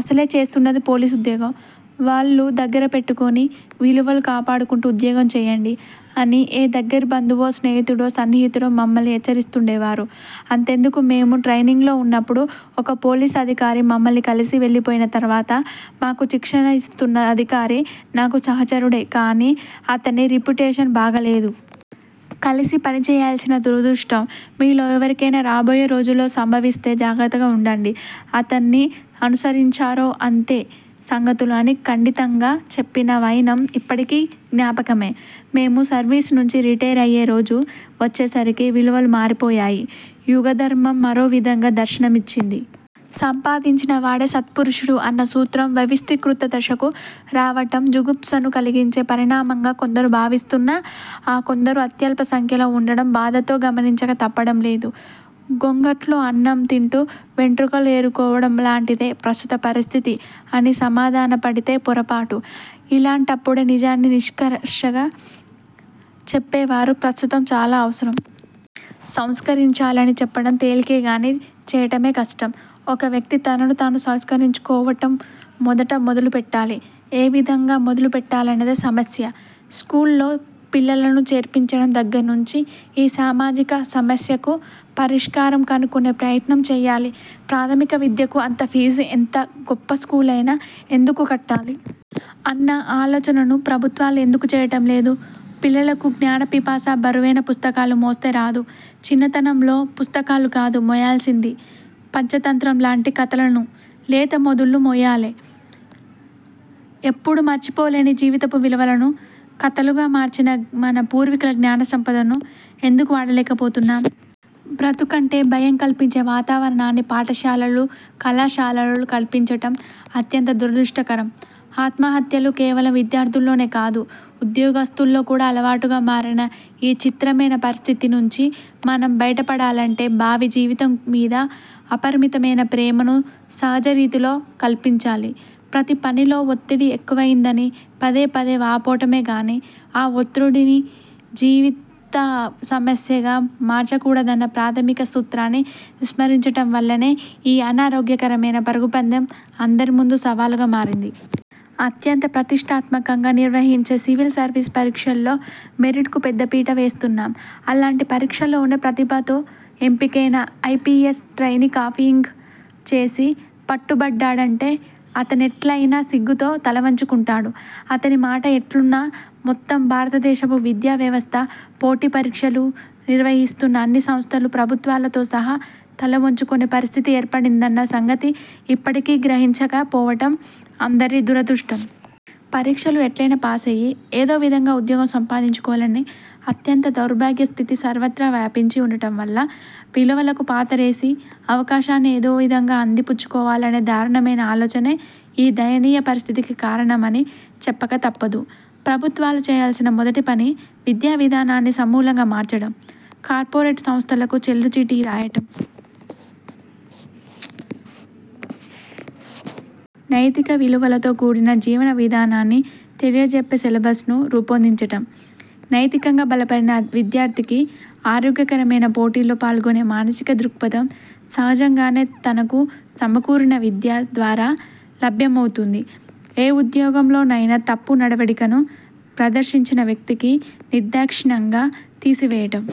అసలే చేస్తున్నది పోలీసు ఉద్యోగం! వళ్ళు దగ్గర పెట్టుకొని, విలువలు కాపాడుకుంటూ ఉద్యోగం చేయండి' అని ఏ దగ్గరి బంధువో, స్నేహితుడో, సన్నిహితుడో మమ్మల్ని హెచ్చరిస్తూండేవారు. అంతెందుకు! మేము ట్రయినింగ్లో వున్నప్పుడు ఒక పోలీసు అధికారి మమ్మల్ని కలిసి వెళ్ళిపోయిన తర్వాత, మాకు శిక్షణ యిస్తున్న అధికారి – 'నాకు సహచరుడే కానీ అతని రిప్యుటేషన్ బాగాలేదు. కలిసి పనిచేయాల్సిన దురదృష్టం మీలో ఎవరికైనా రాబోయే రోజుల్లో సంభవిస్తే జాగ్రత్తగా వుండండి – అతన్ని అనుసరించారో అంతే సంగతులు' అని ఖండితంగా చెప్పిన వైనం యిప్పటికీ జ్ఞాపకమే! మేము సర్వీసు నుంచి రిటైర్ అయ్యే రోజు వచ్చేసరికి విలువలు మారిపోయాయి. యుగధర్మం మరోవిధంగా దర్శనమిచ్చింది. సంపాదించినవాడే సత్పురుషుడు అన్నసూత్రం వ్యవస్థీకృత దశకు రావటం జుగుప్సను కలిగించే పరిణామంగా కొందరు భావిస్తున్నా, ఆ కొందరు అత్యల్ప సంఖ్యలో వుండటం బాధతో గమనించక తప్పటం లేదు. గొంగట్లో అన్నం తింటూ వెంట్రుకలు ఏరుకోవటం లాంటిదే ప్రస్తుత పరిస్థితి అని సమాధానపడితే పొరపాటు. ఇలాంటప్పుడే నిజాన్ని నిష్కర్షగా చెప్పేవారు ప్రస్తుతం చాలా అవసరం. సంస్కరించాలని చెప్పటం తేలికే గానీ చేయటమే కష్టం. ఒక వ్యక్తి తనను తాను సంస్కరించుకోవటం మొదట మొదలుపెట్టాలి. ఏవిధంగా మొదలుపెట్టాలన్నదే సమస్య! స్కూల్లో పిల్లలను చేర్పించటం దగ్గర్నుంచి యీ సామాజిక సమస్యకు పరిష్కారం కనుక్కునే ప్రయత్నం చేయాలి. ప్రాథమిక విద్యకు అంత ఫీజు ఎంత గొప్ప స్కూలైనా ఎందుకు కట్టాలి? అన్న ఆలోచనను ప్రభుత్వాలు ఎందుకు చేయటం లేదు? పిల్లలకు జ్ఞాన పిపాస బరువైన పుస్తకాలు మోస్తే రాదు. చిన్నతనంలో పుస్తకాలు కాదు మోయాల్సింది పంచతంత్రం లాంటి కథలను లేత మెదళ్ళు మోయాలి. ఎప్పుడూ మరిచిపోలేని జీవితపు విలువలను కథలుగా మార్చిన మన పూర్వీకుల జ్ఞాన సంపదను ఎందుకు వాడుకోలేకపోతున్నాం? బ్రతుకంటే భయం కల్పించే వాతావరణాన్ని పాఠశాలలు, కళాశాలలు కల్పించటం అత్యంత దురదృష్టకరం. ఆత్మహత్యలు కేవలం విద్యార్థుల్లోనే కాదు ఉద్యోగస్థుల్లో కూడా అలవాటుగా మారిన యీ చిత్రమైన పరిస్థితి నుంచి మనం బయటపడాలంటే భావి జీవితం మీద అపరిమితమైన ప్రేమను సహజ రీతిలో కల్పించాలి. ప్రతి పనిలో ఒత్తిడి ఎక్కువయిందని పదే పదే వాపోవటమే కానీ, ఆ ఒత్తిడిని జీవిత సమస్యగా మార్చకూడదన్న ప్రాథమిక సూత్రాన్ని విస్మరించటం వల్లనే యీ అనారోగ్యకరమైన పరుగుపందెం అందరి ముందూ సవాలుగా మారింది. అత్యంత ప్రతిష్ఠాత్మకంగా నిర్వహించే సివిల్ సర్వీస్ పరీక్షల్లో 'మెరిట్'కు పెద్దపీట వేస్తున్నాం. అలాంటి పరీక్షలోనే ప్రతిభతో ఎంపికయిన ఐపీఎస్ ట్రయినీ కాపీయింగ్ చేసి పట్టుపడ్డాడంటే అతనెట్లయినా సిగ్గుతో తలవంచుకుంటాడు. అతని మాట ఎట్లున్నా, మొత్తం భారతదేశపు విద్యా వ్యవస్థ, పోటీ పరీక్షలు నిర్వహిస్తున్న అన్ని సంస్థలూ, ప్రభుత్వాలతో సహా తలవంచుకొనే పరిస్థితి ఏర్పడిందన్న సంగతి యిప్పటికీ గ్రహించక పోవటం అందరి దురదృష్టం. పరీక్షలు ఎట్లైనా ప్యాసయ్యి ఏదో విధంగా ఉద్యోగం సంపాదించుకోవాలనే అత్యంత దౌర్భాగ్యస్థితి సర్వత్రా వ్యాపించి వుండటం వల్ల, విలువలకు పాతరేసి అవకాశాన్ని ఏదోవిధంగా అంది పుచ్చుకోవాలనే దారుణమైన ఆలోచనే యీ దయనీయ పరిస్థితికి కారణమని చెప్పక తప్పదు. ప్రభుత్వాలు చేయాల్సిన మొదటి పని విద్యావిధానాన్ని సమూలంగా మార్చటం, కార్పొరేట్ సంస్థలకు చెల్లుచీటీ రాయటం. నైతిక విలువలతో కూడిన జీవన విధానాన్ని తెలియజెప్పే సిలబస్ను రూపొందించటం; నైతికంగా బలపడిన విద్యార్థికి ఆరోగ్యకరమైన పోటీలో పాల్గొనే మానసిక దృక్పథం సహజంగానే తనకు సమకూరిన విద్య ద్వారా లభ్యమవుతుంది. ఏ ఉద్యోగంలోనైనా తప్పు నడవడికను ప్రదర్శించిన వ్యక్తిని నిర్దాక్షిణ్యంగా తీసివేయటం,